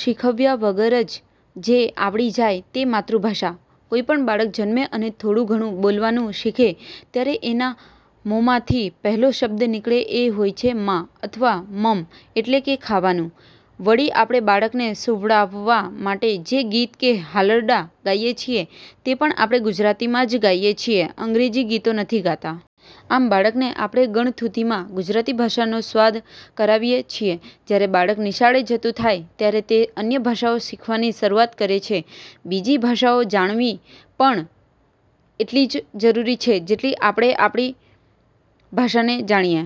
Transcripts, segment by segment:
શીખવ્યા વગર જ જે આવડી જાય તે માતૃભાષા. કોઈપણ બાળક જન્મે અને થોડું ઘણું બોલવાનું શીખે ત્યારે એના મોંમાથી પહેલો શબ્દ નીકળે એ હોય છે મા અથવા મમ એટલે કે ખાવાનું. વળી આપણે બાળકને સૂવડાવવા માટે જે ગીત કે હાલરડાં ગાઈએ છીએ તે પણ આપણે ગુજરાતીમાં જ ગાઈએ છીએ અંગ્રેજી ગીતો નથી ગાતા. આમ બાળકને આપણે ગળથૂથીમાં ગુજરાતી ભાષાનો સ્વાદ કરાવીએ છીએ. જ્યારે બાળક નિશાળે જતું થાય ત્યારે તે અન્ય ભાષાઓ શીખવાની શરુઆત કરે છે. બીજી ભાષાઓ જાણવી પણ એટલી જ જરૂરી છે જેટલી આપણે આપણી ભાષાને જાણીએ.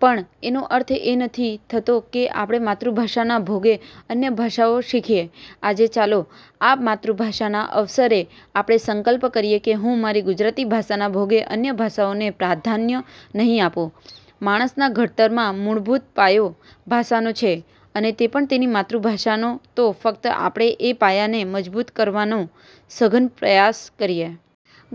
પણ એનો અર્થ એ નથી થતો કે આપણે માતૃભાષાના ભોગે અન્ય ભાષાઓ શીખીએ. આજે ચાલો આ માતૃભાષાના અવસરે આપણે સંકલ્પ કરીએ કે હું મારી ગુજરાતી ભાષાના ભોગે અન્ય ભાષાઓને પ્રાધાન્ય નહીં આપું. માણસના ઘડતરમાં મૂળભૂત પાયો ભાષાનો છે અને તે પણ તેની માતૃભાષાનો તો ફક્ત આપણે એ પાયાને મજબૂત કરવાનો સઘન પ્રયાસ કરીએ.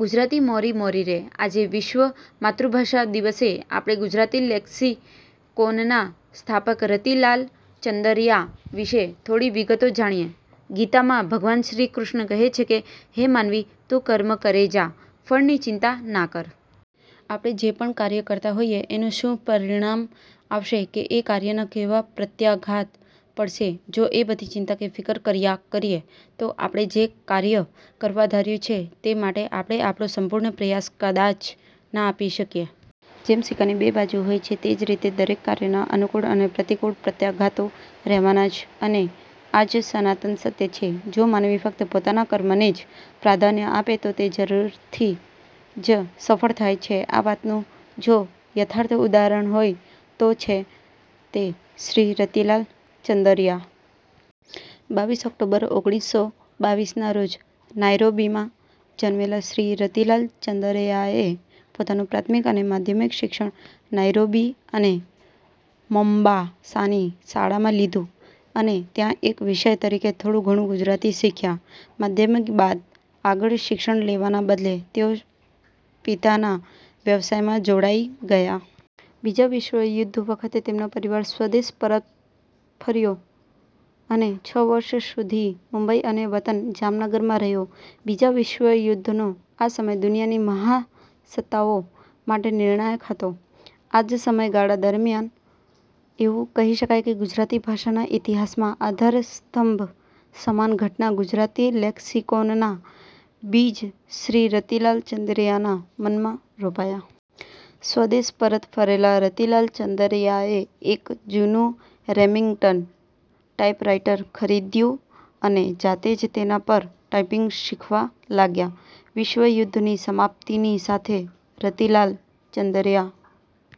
ગુજરાતી મોરી મોરી રે.. આજે વિશ્વ માતૃભાષા દિવસે આપણે ગુજરાતી લેક્સિકોનના સ્થાપક રતિલાલ ચંદરયા વિશે થોડી વિગતો જાણીએ. ગીતામાં ભગવાનશ્રી કૃષ્ણ કહે છે કે, "હે માનવી તું કર્મ કરે જા, ફળની ચિંતા ના કર". આપણે જે પણ કાર્ય કરતાં હોઈએ એનું શું પરિણામ આવશે કે એ કાર્યના કેવા પ્રત્યાઘાત પડશે, જો એ બધી ચિંતા કે ફિકર કર્યા કરીએ તો, આપણે જે કાર્ય કરવા ધાર્યું છે તે માટે આપણે આપણો સંપૂર્ણ પ્રયાસ કદાચ ના આપી શકીએ. જેમ સિક્કાની બે બાજુ હોય છે તે જ રીતે દરેક કાર્યના અનુકૂળ અને પ્રતિકૂળ પ્રત્યાઘાતો રહેવાના જ અને આ જ સનાતન સત્ય છે. જો માનવી ફકત પોતાના કર્મને જ પ્રાધાન્ય આપે તો તે જરૂરથી જ સફળ થાય છે આ વાતનું જો યથાર્થ ઉદાહરણ હોય તો છે તે શ્રી રતિલાલ ચંદરયા. બાવીસ ઓક્ટોબર ઓગણીસો બાવીસ ના રોજ નાઈરોબીમાં જન્મેલા શ્રી રતિલાલ ચંદરયાએ પોતાનું પ્રાથમિક અને માધ્યમિક શિક્ષણ નાઈરોબી અને મોમ્બાસાની શાળામાં લીધું અને ત્યાં એક વિષય તરીકે થોડું ઘણું ગુજરાતી શીખ્યા. માધ્યમિક બાદ આગળ શિક્ષણ લેવાના બદલે તેઓ પિતાના વ્યવસાયમાં જોડાઈ ગયા. બીજા વિશ્વયુદ્ધ વખતે તેમનો પરિવાર સ્વદેશ પરત ફર્યો અને છ વર્ષ સુધી મુંબઈ અને વતન જામનગરમાં રહ્યો. બીજા વિશ્વયુદ્ધનો આ સમય દુનિયાની મહાસત્તાઓ માટે નિર્ણાયક હતો. આ જ સમય ગાળા દરમ્યાન એવું કહી શકાય કે ગુજરાતી ભાષાના ઇતિહાસમાં આધારસ્તંભ સમાન ઘટના ગુજરાતીલેક્સિકોનના બીજ શ્રી રતિલાલ ચંદરયાના મનમાં રોપાયા. સ્વદેશ પરત ફરેલા રતિલાલ ચંદરયાએ એક જૂનુ રેમિંગ્ટન ટાઇપરાઇટર ખરીદ્યું અને જાતે જ તેના પર ટાઇપીંગ શીખવા લાગ્યા. વિશ્વયુદ્ધની સમાપ્તિની સાથે રતિલાલ ચંદરયા